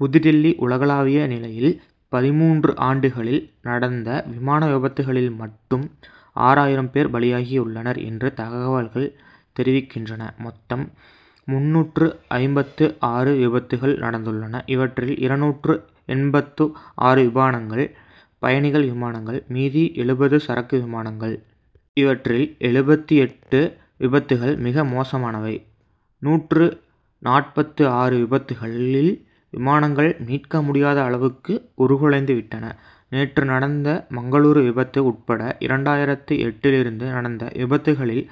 புதுடில்லி உலகளாவிய நிலையில், பதிமூன்று ஆண்டுகளில் நடந்த விமான விபத்துக்களில் மட்டும், ஆறாயிரம் பேர் பலியாகி உள்ளனர் என்று தகவல்கள் தெரிவிக்கின்றன. மொத்தம் முன்னூற்று ஐம்பத்து ஆறு விபத்துக்கள் நடந்துள்ளன. இவற்றில் இருநூற்று எண்பத்து ஆறு விமானங்கள், பயணிகள் விமானங்கள். மீதி எழுபது சரக்கு விமானங்கள். இவற்றில் எழுபத்து எட்டு விபத்துக்கள் மிக மோசமானவை. நூற்று நாற்பத்து ஆறு விபத்துக்களில், விமானங்கள் மீட்க முடியாத அளவுக்கு, உருக்குலைந்து விட்டன. நேற்று நடந்த மங்களூரு விபத்து உட்பட இரண்டாயிரத்து எட்டிலிருந்து நடந்த விபத்துக்களில்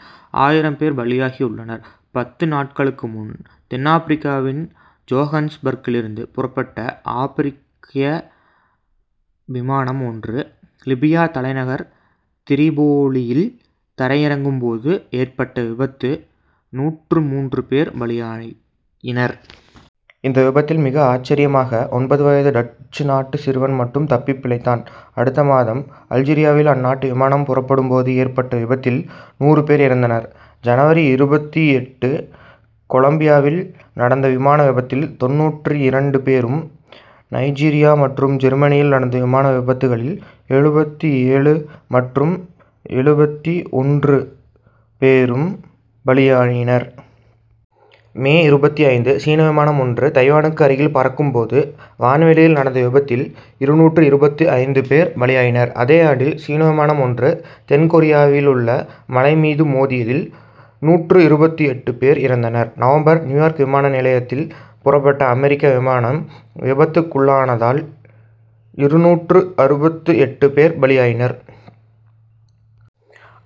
ஆயிரம் பேர் பலியாகியுள்ளனர். பத்து நாட்களுக்கு முன், தென்னாப்ரிக்காவின் ஜோகன்னஸ் பர்க்கிலிருந்து புறப்பட்ட அப்ரிக்கியா விமானம் ஒன்று லிபியா தலைநகர் திரிபோலியில் தரையிறங்கும் போது ஏற்பட்ட விபத்தில் நூற்று மூன்று பேர் பலியாயினர். இந்த விபத்தில் மிக ஆச்சரியமாக, ஒன்பது வயது டச்சு நாட்டு சிறுவன் மட்டும் தப்பி பிழைத்தான். அடுத்த மாதம், அல்ஜீரியாவில் அந்நாட்டு விமானம் புறப்படும் போது ஏற்பட்ட விபத்தில் நூறு பேர் இறந்தனர். ஜனவரி இருபத்தெட்டு கொலம்பியாவில் நடந்த விமான விபத்தில் தொண்ணூற்று இரண்டு பேரும், நைஜீரியா மற்றும் ஜெர்மனியில் நடந்த விமான விபத்துக்களில், எழுபத்து ஏழு மற்றும் எழுபத்து ஒன்று பேரும் பலியாயினர். மே இருபத்து ஐந்து சீன விமானம் ஒன்று தைவானுக்கு அருகில் பறக்கும் போது, வான்வெளியில் நடந்த விபத்தில், இருநூற்று இருபத்து ஐந்து பேர் பலியாயினர். அதே ஆண்டில், சீன விமானம் ஒன்று தென்கொரியாவிலுள்ள மலை மீது மோதியதில் நூற்று இருபத்து எட்டு பேர் இறந்தனர். நவம்பர் நியூயார்க் விமான நிலையத்தில் புறப்பட்ட அமெரிக்க விமானம் விபத்துக்குள்ளானதில், இருநூற்று அறுபத்து ஐந்து பேர் பலியாயினர்.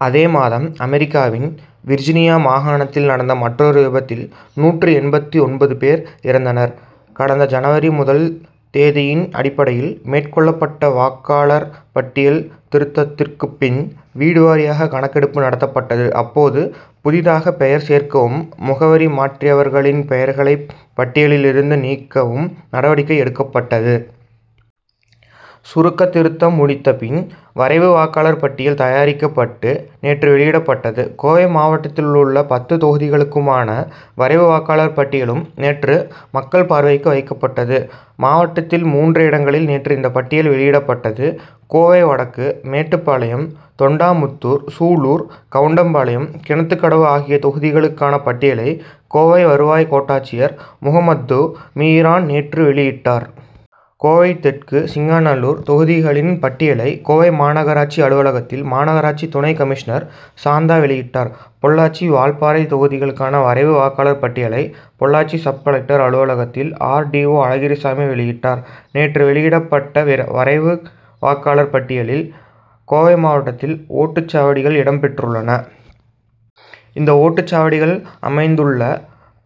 அதே மாதம் அமெரிக்காவின் விர்ஜீனியா மாகாணத்தில் நடந்த மற்றொரு விபத்தில், நூற்று எண்பத்து ஒன்பது பேர் இறந்தனர். கடந்த ஜனவரி முதல் தேதியின் அடிப்படையில் மேற்கொள்ளப்பட்ட வாக்காளர் பட்டியல் திருத்தத்திற்குப் பின், வீடு வாரியாக கணக்கெடுப்பு நடத்தப்பட்டது. அப்போது, புதிதாக பெயர் சேர்க்கவும், முகவரி மாறியவர்களின் பெயர்களைப் பட்டியலில் இருந்து நீக்கவும் நடவடிக்கை எடுக்கப்பட்டது. சுருக்க திருத்தம் முடிந்தபின், வரைவு வாக்காளர் பட்டியல் தயாரிக்கப்பட்டு, நேற்று வெளியிடப்பட்டது. கோவை மாவட்டத்திலுள்ள பத்து தொகுதிகளுக்குமான வரைவு வாக்காளர் பட்டியலும் நேற்று மக்கள் பார்வைக்கு வைக்கப்பட்டது. மாவட்டத்தில் மூன்று இடங்களில் நேற்று இந்த பட்டியல் வெளியிடப்பட்டது. கோவை வடக்கு, மேட்டுப்பாளையம், தொண்டாமுத்தூர், சூலூர், கவுண்டம் பாளையம், கிணத்துக்கடவு ஆகிய தொகுதிகளுக்கான பட்டியலை, கோவை வருவாய் கோட்டாட்சியர் முகம்மது மீரான் நேற்று வெளியிட்டார். கோவை தெற்கு, சிங்காநல்லூர் தொகுதிகளின் பட்டியலை, கோவை மாநகராட்சி அலுவலகத்தில் மாநகராட்சி துணை கமிஷனர் சாந்தா வெளியிட்டார். பொள்ளாச்சி, வால்பாறை தொகுதிகளுக்கான வரைவு வாக்காளர் பட்டியலை, பொள்ளாச்சி சப்-கலெக்டர் அலுவலகத்தில் ஆர். டி. ஓ. அழகிரிசாமி வெளியிட்டார். நேற்று வெளியிடப்பட்ட வரைவு வாக்காளர் பட்டியலில் கோவை மாவட்டத்தில் ஓட்டுச்சாவடிகள் இடம் பெற்றுள்ளன. இந்த ஓட்டு சாவடிகள் அமைந்துள்ள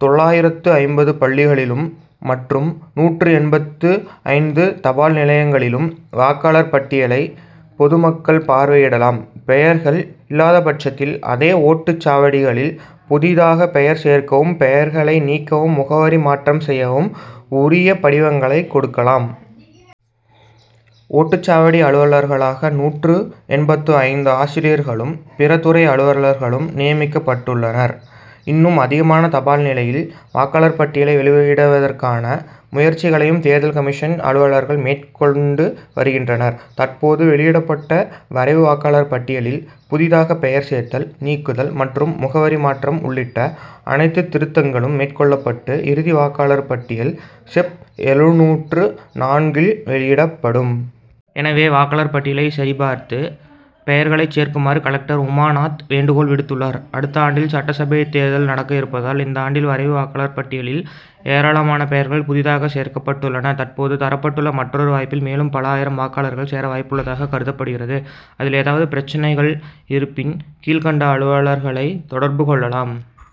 தொள்ளாயிரத்து ஐம்பது பள்ளிகளிலும் மற்றும் நூற்று எண்பத்து ஐந்து தபால் நிலையங்களிலும் வாக்காளர் பட்டியலை பொது மக்கள் பார்வையிடலாம். பெயர்கள் இல்லாதபட்சத்தில் அதே ஓட்டுச் சாவடிகளில் புதிதாக பெயர் சேர்க்கவும் பெயர்களை நீக்கவும் முகவரி மாற்றம் செய்யவும் உரிய படிவங்களைக் கொடுக்கலாம். ஓட்டுச்சாவடி அலுவலர்களாக நூற்று எண்பத்து ஐந்து ஆசிரியர்களும் பிற துறை அலுவலர்களும் நியமிக்கப்பட்டுள்ளனர். இன்னும் அதிகமான தபால் நிலையில் வாக்காளர் பட்டியலை வெளியிடுவதற்கான முயற்சிகளையும் தேர்தல் கமிஷன் அலுவலர்கள் மேற்கொண்டு வருகின்றனர். தற்போது வெளியிடப்பட்ட வரைவு வாக்காளர் பட்டியலில் புதிதாக பெயர் சேர்த்தல், நீக்குதல் மற்றும் முகவரி மாற்றம் உள்ளிட்ட அனைத்துத் திருத்தங்களும் மேற்கொள்ளப்பட்டு, இறுதி வாக்காளர் பட்டியல் செப் எழுநூற்று நான்கு இல் வெளியிடப்படும். எனவே வாக்காளர் பட்டியலைச் சரி பார்த்து, பெயர்களைச் சேர்க்குமாறு கலெக்டர் உமாநாத் வேண்டுகோள் விடுத்துள்ளார். அடுத்த ஆண்டில் சட்டசபைத் தேர்தல் நடக்க இருப்பதால், இந்த ஆண்டில் வரைவு வாக்காளர் பட்டியலில் ஏராளமான பெயர்கள் புதிதாகச் சேர்க்கப்பட்டுள்ளன. தற்போது தரப்பட்டுள்ள மற்றொரு வாய்ப்பில் மேலும் பல ஆயிரம் வாக்காளர்கள் சேர வாய்ப்புள்ளதாகக் கருதப்படுகிறது. அதில் ஏதாவது பிரச்னைகள் இருப்பின் கீழ்க்கண்ட அலுவலர்களை தொடர்பு கொள்ளலாம்.